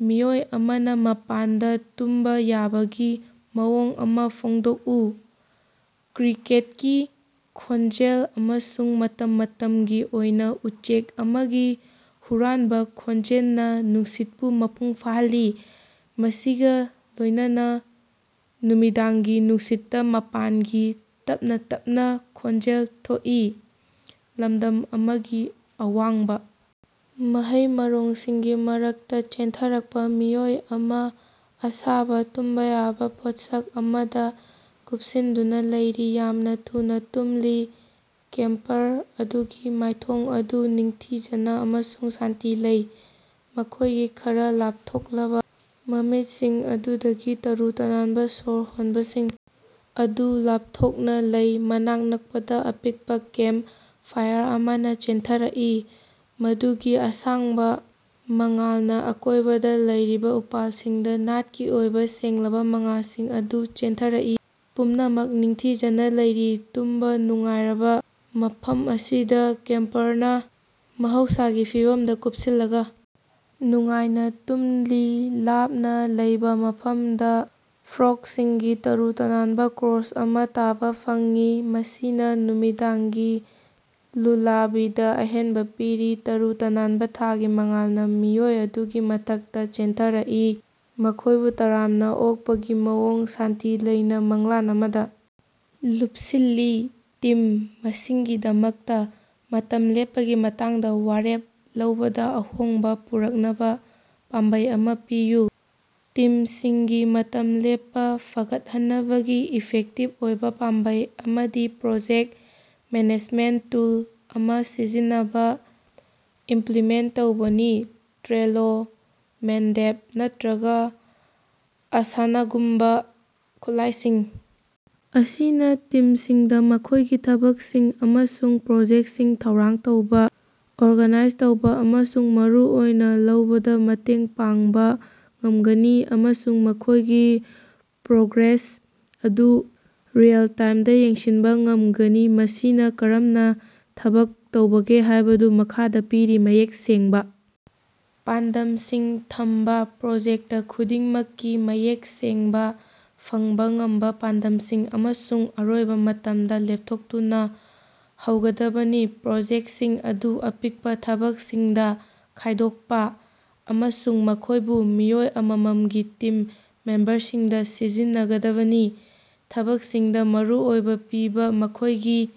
ꯃꯤꯑꯣꯏ ꯑꯃꯅꯥ ꯃꯄꯥꯟꯗꯥ ꯇꯨꯝꯕꯥ ꯌꯥꯕꯒꯤ ꯃꯑꯣꯡ ꯑꯃꯥ ꯐꯣꯡꯗꯣꯛꯎ꯫ ꯀ꯭ꯔꯤꯀꯦꯠꯀꯤ ꯈꯣꯟꯖꯦꯜ ꯑꯃꯁꯨꯡ ꯃꯇꯝ ꯃꯇꯝꯒꯤ ꯑꯣꯏꯅꯥ ꯎꯆꯦꯛ ꯑꯃꯒꯤ ꯍꯨꯔꯥꯟꯕꯥ ꯈꯣꯟꯖꯦꯜꯅꯥ ꯅꯨꯡꯁꯤꯠꯄꯨ ꯃꯄꯨꯡ ꯐꯥꯍꯜꯂꯤ, ꯃꯁꯤꯒꯥ ꯂꯣꯏꯅꯅꯥ ꯅꯨꯃꯤꯗꯥꯡꯒꯤ ꯅꯨꯡꯁꯤꯠꯇꯥ ꯃꯄꯥꯟꯒꯤ ꯇꯞꯅꯥ ꯇꯞꯅꯥ ꯈꯣꯟꯖꯦꯜ ꯊꯣꯛꯏ꯫ ꯂꯝꯗꯝ ꯑꯃꯒꯤ ꯑꯋꯥꯡꯕꯥ ꯃꯍꯩ ꯃꯔꯣꯡꯁꯤꯡꯒꯤ ꯃꯔꯛꯇꯥ ꯆꯦꯟꯊꯔꯛꯄꯥ ꯃꯤꯑꯣꯏ ꯑꯃꯅꯥ ꯑꯁꯥꯕꯥ ꯇꯨꯝꯕꯥ ꯌꯥꯕꯥ ꯄꯣꯠꯁꯛ ꯑꯃꯗꯥ ꯀꯨꯞꯁꯤꯟꯗꯨꯅꯥ ꯂꯩꯔꯤ, ꯌꯥꯝꯅꯥ ꯊꯨꯅꯥ ꯇꯨꯝꯂꯤ꯫ ꯀꯦꯝꯄꯔ ꯑꯗꯨꯒꯤ ꯃꯥꯏꯊꯣꯡ ꯑꯗꯨ ꯅꯤꯡꯊꯤꯖꯅꯥ ꯑꯃꯁꯨꯡ ꯁꯥꯟꯇꯤ ꯂꯩ, ꯃꯈꯣꯏꯒꯤ ꯈꯔꯥ ꯂꯥꯞꯊꯣꯛꯂꯕꯥ ꯃꯃꯤꯠꯁꯤꯡ ꯑꯗꯨꯗꯒꯤ ꯇꯔꯨ ꯇꯅꯥꯟꯕꯥ ꯁ꯭ꯋꯔ ꯍꯣꯟꯕꯁꯤꯡ ꯑꯗꯨ ꯂꯥꯞꯊꯣꯛꯅꯥ ꯂꯩ꯫ ꯃꯅꯥꯛ ꯅꯛꯄꯗꯥ ꯑꯄꯤꯛꯄꯥ ꯀꯦꯝꯄ ꯐꯥꯏꯔ ꯑꯃꯅꯥ ꯆꯦꯟꯊꯔꯛꯏ, ꯃꯗꯨꯒꯤ ꯑꯁꯥꯡꯕꯥ ꯃꯉꯥꯜꯅꯥ ꯑꯀꯣꯏꯕꯗꯥ ꯂꯩꯔꯤꯕꯥ ꯎꯄꯥꯜꯁꯤꯡꯗꯥ ꯅꯥꯠꯀꯤ ꯑꯣꯏꯕꯥ ꯁꯦꯡꯂꯕꯥ ꯃꯉꯥꯜꯁꯤꯡ ꯑꯗꯨ ꯆꯦꯟꯊꯔꯛꯏ꯫ ꯄꯨꯝꯅꯃꯛ ꯅꯤꯡꯊꯤꯖꯅꯥ ꯂꯩꯔꯤ ꯇꯨꯝꯕꯥ ꯅꯨꯡꯉꯥꯏꯔꯕꯥ ꯃꯐꯝ ꯑꯁꯤꯗꯥ, ꯀꯦꯝꯄꯔꯅꯥ ꯃꯍꯧꯁꯥꯒꯤ ꯐꯤꯚꯝꯗꯥ ꯀꯨꯞꯁꯤꯜꯂꯒꯥ ꯅꯨꯡꯉꯥꯏꯅ ꯇꯨꯝꯂꯤ꯫ ꯂꯥꯞꯅꯥ ꯂꯩꯕꯥ ꯃꯐꯝꯗꯥ ꯐ꯭ꯔꯣꯛꯁꯤꯡꯒꯤ ꯇꯔꯨ ꯇꯅꯥꯟꯕꯥ ꯀꯣꯔꯁ ꯑꯃꯥ ꯇꯥꯕꯥ ꯐꯪꯏ, ꯃꯁꯤꯅꯥ ꯅꯨꯃꯤꯗꯥꯡꯒꯤ ꯂꯨꯂꯥꯕꯤꯗꯥ ꯑꯍꯦꯟꯕꯥ ꯄꯤꯔꯤ꯫ ꯇꯔꯨ ꯇꯅꯥꯟꯕꯥ ꯊꯥꯒꯤ ꯃꯉꯥꯜꯅꯥ ꯃꯤꯑꯣꯏ ꯑꯗꯨꯒꯤ ꯃꯊꯛꯇꯥ ꯆꯦꯟꯊꯔꯛꯏ, ꯃꯈꯣꯏꯕꯨ ꯇꯔꯥꯝꯅꯥ ꯑꯣꯛꯄꯒꯤ ꯃꯑꯣꯡꯗꯥ ꯁꯥꯟꯇꯤ ꯂꯩꯅꯥ ꯃꯪꯂꯥꯟ ꯑꯃꯗꯥ ꯂꯨꯞꯁꯤꯜꯂꯤ꯫ ꯇꯤꯝ ꯃꯁꯤꯡꯒꯤꯗꯃꯛꯇꯥ ꯃꯇꯝ ꯂꯦꯞꯄꯒꯤ ꯃꯇꯥꯡꯗꯥ ꯋꯥꯔꯦꯞ ꯂꯧꯕꯗꯥ ꯑꯍꯣꯡꯕꯥ ꯄꯨꯔꯛꯅꯕꯥ ꯄꯥꯝꯕꯩ ꯑꯃꯥ ꯄꯤꯌꯨ꯫ ꯇꯤꯝꯁꯤꯡꯒꯤ ꯃꯇꯝ ꯂꯦꯞꯄꯥ ꯐꯒꯠꯍꯟꯅꯕꯒꯤ ꯏꯐꯦꯛꯇꯤꯞ ꯑꯣꯏꯕꯥ ꯄꯥꯝꯕꯩ ꯑꯃꯗꯤ ꯄ꯭ꯔꯣꯖꯦꯛ ꯃꯦꯅꯦꯖꯃꯦꯟ ꯇꯨꯜ ꯑꯃꯥ ꯁꯤꯖꯤꯟꯅꯕꯥ ꯏꯝꯄ꯭ꯂꯤꯃꯦꯟ ꯇꯧꯕꯅꯤ꯫ ꯇ꯭ꯔꯦꯂꯣ, ꯃꯣꯟꯗꯦꯝ ꯅꯠꯇ꯭ꯔꯒꯥ ꯑꯁꯥꯅꯥꯒꯨꯝꯕꯥ ꯈꯨꯠꯂꯥꯏꯁꯤꯡ ꯑꯁꯤꯅꯥ ꯇꯤꯝꯁꯤꯡꯗꯥ ꯃꯈꯣꯏꯒꯤ ꯊꯕꯛꯁꯤꯡ ꯑꯃꯁꯨꯡ ꯄ꯭ꯔꯣꯖꯦꯛꯁꯤꯡ ꯊꯧꯔꯥꯡ ꯇꯧꯕꯥ, ꯑꯣꯔꯒꯅꯥꯏꯖ ꯇꯧꯕꯥ ꯑꯃꯁꯨꯡ ꯃꯔꯨ ꯑꯣꯏꯅꯥ ꯂꯧꯕꯗꯥ ꯃꯇꯦꯡ ꯄꯥꯡꯕꯥ ꯉꯝꯒꯅꯤ ꯑꯃꯁꯨꯡ ꯃꯈꯣꯏꯒꯤ ꯄ꯭ꯔꯣꯒ꯭ꯔꯦꯁ ꯑꯗꯨ ꯔꯤꯑꯦꯜ-ꯇꯥꯏꯝꯗꯥ ꯌꯦꯡꯁꯤꯟꯕꯥ ꯉꯝꯒꯅꯤ꯫ ꯃꯁꯤꯅꯥ ꯀꯔꯝꯅꯥ ꯊꯕꯛ ꯇꯧꯕꯒꯦ ꯍꯥꯏꯕꯗꯨ ꯃꯈꯥꯗꯥ ꯄꯤꯔꯤ, ꯃꯌꯦꯛ ꯁꯦꯡꯕꯥ ꯄꯥꯟꯗꯝꯝꯁꯤꯡ ꯊꯝꯕꯥ: ꯄ꯭ꯔꯣꯖꯦꯛꯇ ꯈꯨꯗꯤꯡꯃꯛꯀꯤ ꯃꯌꯦꯛ ꯁꯦꯡꯕꯥ, ꯐꯪꯕꯥ ꯉꯝꯕꯥ ꯄꯥꯟꯗꯝꯁꯤꯡ ꯑꯃꯁꯨꯡ ꯑꯔꯣꯏꯕꯥ ꯃꯇꯝ ꯂꯦꯞꯊꯣꯛꯇꯨꯅꯥ ꯍꯧꯒꯗꯕꯅꯤ꯫ ꯄ꯭ꯔꯣꯖꯦꯛꯁꯤꯡ ꯑꯗꯨ ꯑꯄꯤꯛꯄꯥ ꯊꯕꯛꯁꯤꯡꯗꯥ ꯈꯥꯏꯗꯣꯛꯄꯥ ꯑꯃꯁꯨꯡ ꯃꯈꯣꯏꯕꯨ ꯃꯤꯑꯣꯏ ꯑꯃꯃꯝꯒꯤ ꯇꯤꯝ ꯃꯦꯝꯕꯔꯁꯤꯡꯗꯥ ꯁꯤꯟꯅꯒꯗꯕꯅꯤ꯫ ꯊꯕꯛꯁꯤꯡꯗꯥ ꯃꯔꯨ ꯑꯣꯏꯕꯥ ꯄꯤꯕꯥ: ꯃꯈꯣꯏꯒꯤ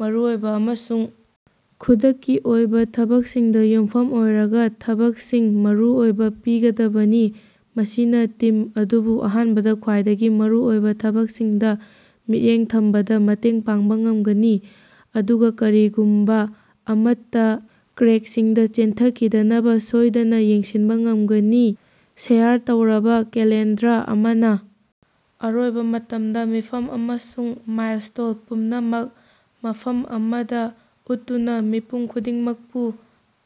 ꯃꯔꯨꯑꯣꯏꯕꯥ ꯑꯃꯁꯨꯡ ꯈꯨꯗꯛꯀꯤ ꯑꯣꯏꯕꯥ ꯊꯕꯛꯁꯤꯡꯗꯥ ꯌꯨꯝꯐꯝ ꯑꯣꯏꯔꯒꯥ ꯊꯕꯛꯁꯤꯡ ꯃꯔꯨ ꯑꯣꯏꯕꯥ ꯄꯤꯒꯗꯕꯅꯤ꯫ ꯃꯁꯤꯅꯥ ꯇꯤꯝ ꯑꯗꯨꯕꯨ ꯑꯍꯥꯟꯕꯗꯥ ꯈ꯭ꯋꯥꯏꯗꯒꯤ ꯃꯔꯨꯑꯣꯏꯕꯥ ꯊꯕꯛꯁꯤꯡꯗꯥ ꯃꯤꯠꯌꯦꯡ ꯊꯝꯕꯗꯥ ꯃꯇꯦꯡ ꯄꯥꯡꯕꯥ ꯉꯝꯒꯅꯤ, ꯑꯗꯨꯒꯥ ꯀꯔꯤꯒꯨꯝꯕꯥ ꯑꯃꯠꯇꯥ ꯀ꯭ꯔꯦꯛꯁꯤꯡꯗꯥ ꯆꯦꯟꯊꯈꯤꯗꯅꯕꯥ ꯁꯣꯏꯗꯅꯥ ꯌꯦꯡꯁꯤꯟꯕꯥ ꯉꯝꯒꯅꯤ꯫ ꯁꯦꯌꯥꯔ ꯇꯧꯔꯕꯥ ꯀꯦꯂꯦꯟꯗꯔ ꯑꯃꯅꯥ ꯑꯔꯣꯏꯕꯥ ꯃꯇꯝ, ꯃꯤꯐꯝ ꯑꯃꯁꯨꯡ ꯃꯥꯏꯜꯁ꯭ꯇꯣꯟ ꯄꯨꯝꯅꯃꯛ ꯃꯐꯝ ꯑꯃꯗꯥ ꯎꯠꯇꯨꯅꯥ ꯃꯤꯄꯨꯝ ꯈꯨꯗꯤꯡꯃꯛꯄꯨ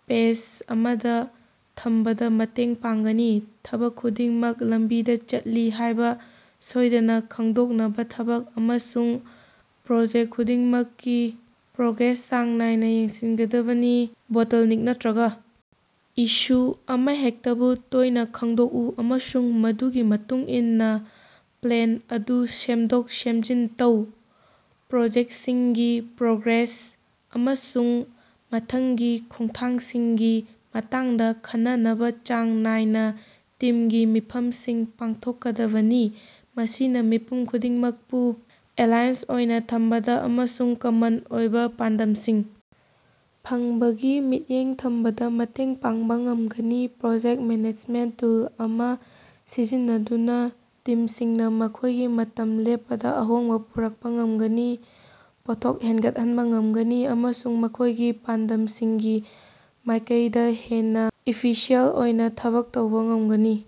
ꯄꯦꯖ ꯑꯃꯗꯥ ꯊꯝꯕꯗꯥ ꯃꯇꯦꯡ ꯄꯥꯡꯒꯅꯤ꯫ ꯊꯕꯛ ꯈꯨꯗꯤꯡꯃꯛ ꯂꯝꯕꯤꯗꯥ ꯆꯠꯂꯤ ꯍꯥꯏꯕꯥ ꯁꯣꯏꯗꯅꯥ ꯈꯪꯗꯣꯛꯅꯕꯥ ꯊꯕꯛ ꯑꯃꯁꯨꯡ ꯄ꯭ꯔꯣꯖꯦꯛ ꯈꯨꯗꯤꯡꯃꯛꯀꯤ ꯄ꯭ꯔꯣꯒ꯭ꯔꯦꯁ ꯆꯥꯡ ꯅꯥꯏꯅꯥ ꯌꯦꯡꯁꯤꯟꯒꯗꯕꯅꯤ꯫ ꯕꯣꯇꯜꯅꯦꯛ ꯅꯠꯇ꯭ꯔꯒꯥ ꯏꯁꯨ ꯑꯃꯍꯦꯛꯇꯕꯨ ꯇꯣꯏꯅꯥ ꯈꯪꯗꯣꯛꯎ ꯑꯃꯁꯨꯡ ꯃꯗꯨꯒꯤ ꯃꯇꯨꯡꯏꯟꯅꯥ ꯄ꯭ꯂꯥꯟ ꯑꯗꯨ ꯁꯦꯝꯗꯣꯛ-ꯁꯦꯝꯖꯤꯟ ꯇꯧ꯫ ꯄ꯭ꯔꯣꯖꯦꯛꯁꯤꯡꯒꯤ ꯄ꯭ꯔꯣꯒ꯭ꯔꯦꯁ ꯑꯃꯁꯨꯡ ꯃꯊꯪꯒꯤ ꯈꯣꯡꯊꯥꯡꯁꯤꯡꯒꯤ ꯃꯇꯥꯡꯗꯥ ꯈꯟꯅꯅꯕꯥ ꯆꯥꯡ ꯅꯥꯏꯅꯥ ꯇꯤꯝꯒꯤ ꯃꯤꯐꯝꯁꯤꯡ ꯄꯥꯡꯊꯣꯛꯀꯗꯕꯅꯤ꯫ ꯃꯁꯤꯅꯥ ꯃꯤꯄꯨꯝ ꯈꯨꯗꯤꯡꯃꯛꯄꯨ ꯑꯦꯂꯥꯏꯟꯁ ꯑꯣꯏꯅꯥ ꯊꯝꯕꯗꯥ ꯑꯃꯁꯨꯡ ꯀꯃꯟ ꯑꯣꯏꯕꯥ ꯄꯥꯟꯗꯝꯁꯤꯡ ꯐꯪꯕꯒꯤ ꯃꯤꯠꯌꯦꯡ ꯊꯝꯕꯗꯥ ꯃꯇꯦꯡ ꯄꯥꯡꯕꯥ ꯉꯝꯒꯅꯤ꯫ ꯄ꯭ꯔꯣꯖꯦꯛꯇ ꯃꯦꯅꯦꯖꯃꯦꯟꯇ ꯇꯨꯜ ꯑꯃꯥ ꯁꯤꯖꯤꯟꯅꯗꯨꯅꯥ ꯇꯤꯝꯁꯤꯡꯅꯥ ꯃꯈꯣꯏꯒꯤ ꯃꯇꯝ ꯂꯦꯞꯄꯗꯥ ꯑꯍꯣꯡꯕꯥ ꯄꯨꯔꯛꯄꯥ ꯉꯝꯒꯅꯤ, ꯄꯣꯠꯊꯣꯛ ꯍꯦꯟꯒꯠꯍꯟꯕꯥ ꯉꯝꯒꯅꯤ ꯑꯃꯁꯨꯡ ꯃꯈꯣꯏꯒꯤ ꯄꯥꯟꯗꯝꯁꯤꯡꯒꯤ ꯃꯥꯏꯀꯩꯗꯥ ꯍꯦꯟꯅꯥ ꯏꯐꯤꯁꯤꯌꯦꯟ ꯑꯣꯏꯅꯥ ꯊꯕꯛ ꯇꯧꯕꯥ ꯉꯝꯒꯅꯤ꯫